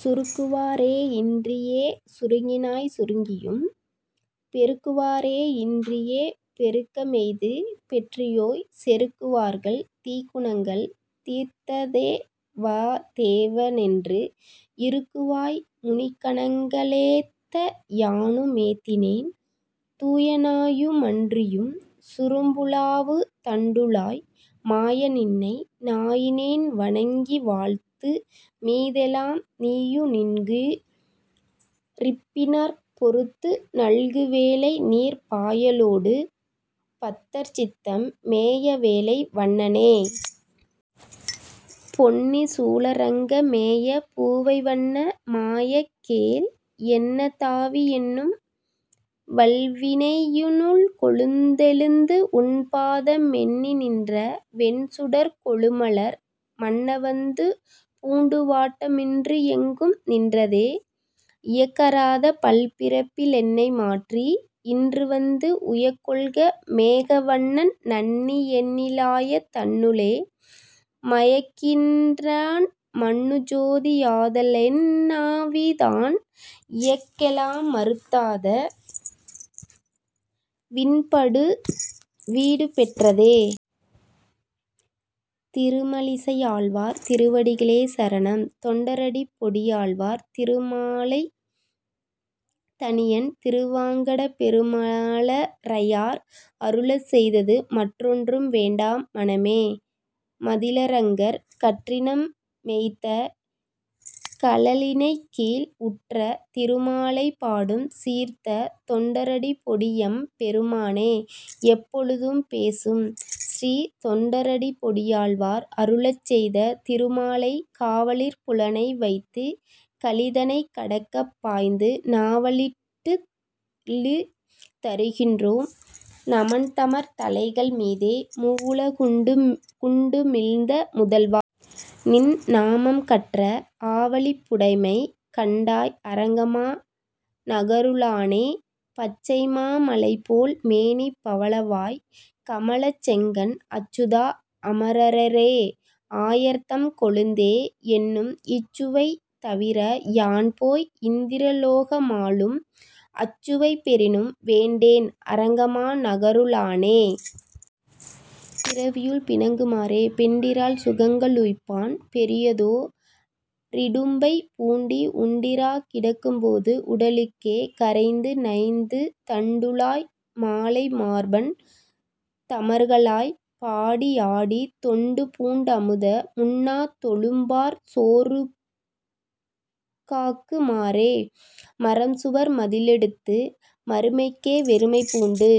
சுருக்குவாரை யின்றியேசு ருங்கினாய்சு ருங்கியும், பெருக்குவாரை யின்றியேபெ ருக்கமெய்து பெற்றியோய்,। செருக்குவார்கள் தீக்குணங்கள் தீர்த்ததேவா தேவனென்று, இருக்குவாய்மு னிக்கணங்க ளேத்தயானு மேத்தினேன். தூயனாயு மன்றியும்சு ரும்புலாவு தண்டுழாய், மாய. நின்னை நாயினேன்வ ணங்கிவாழ்த்து மீதெலாம், நீயுநின்கு றிப்பினிற்பொ றுத்துநல்கு வேலைநீர்ப், பாயலோடு பத்தர்சித்தம் மேயவேலை வண்ணனே. பொன்னிசூழ ரங்கமேய பூவைவண்ண. மாய. கேள், என்னதாவி யென்னும்வல்வி னையினுள்கொ ழுந்தெழுந்து, உன்னபாத மென்னிநின்ற வொண்சுடர்க்கொ ழுமலர், மன்னவந்து பூண்டுவாட்ட மின்றுயெங்கும் நின்றதே. இயக்கறாத பல்பிறப்பி லென்னைமாற்றி யின்றுவந்து, உயக்கொள்மேக வண்ணன்நண்ணி யென்னிலாய தன்னுளே, மயக்கின்றான் மன்னுசோதி யாதலலென் னாவிதான், இயக்கெலாம றுத்தறாத வின்படுவீடு பெற்றதே. திருமழிசையாழ்வார் திருவடிகளே சரணம் தொண்டர் அடிப்பொடி ஆழ்வார் திருமாலை தனியன் திருவாங்கப்பெருமாளரையர் அருளிச்செய்தது மற்றொன்றும் வேண்டா மனமே. மதிளரங்கர், கற்றினம் மேய்த்த கழலிணைக்கீழ்,- உற்ற திருமாலை பாடும்சீர்த் தொண்டரடிப்பொடியெம் பெருமானை, எப்பொழுதும் பேசு. ஸ்ரீ தொண்டரடிப்பொடியாழ்வார் அருளிச்செய்த திருமாலை காவலிற் புலனை வைத்துக் கலிதனைக் கடக்கப் பாய்ந்து, நாவலிட் டுழிதரு கின்றோம் நமன்தமர் தலைகள் மீதே, மூவுல குண்டு குண்டு மிழ்ந்த முதல்வ. நின் நாமம் கற்ற, ஆவலிப் புடைமை கண்டாய் அரங்கமா நகரு ளானே. பச்சைமா மலைபோல் மேனி பவளவாய் கமலச் செங்கண் அச்சுதா. அமர ரேறே. ஆயர்தம் கொழுந்தே. என்னும், இச்சுவை தவிர யான்போய் இந்திர லோக மாளும், அச்சுவை பெறினும் வேண்டேன் அரங்கமா நகரு ளானே. பிறவியுள் பிணங்கு மாறே. பெண்டிரால் சுகங்க ளுய்ப்பான் பெரியதோ ரிடும்பை பூண்டு உண்டிராக் கிடக்கும் போது உடலுக்கே கரைந்து நைந்து, தண்டுழாய் மாலை மார்பன் தமர்களாய்ப் பாடி யாடி, தொண்டுபூண் டமுத முண்ணாத் தொழும்பார்சோறுகாக்கு மாறே. மறம்சுவர் மதிளெ டுத்து மறுமைக்கே வெறுமை பூண்டு,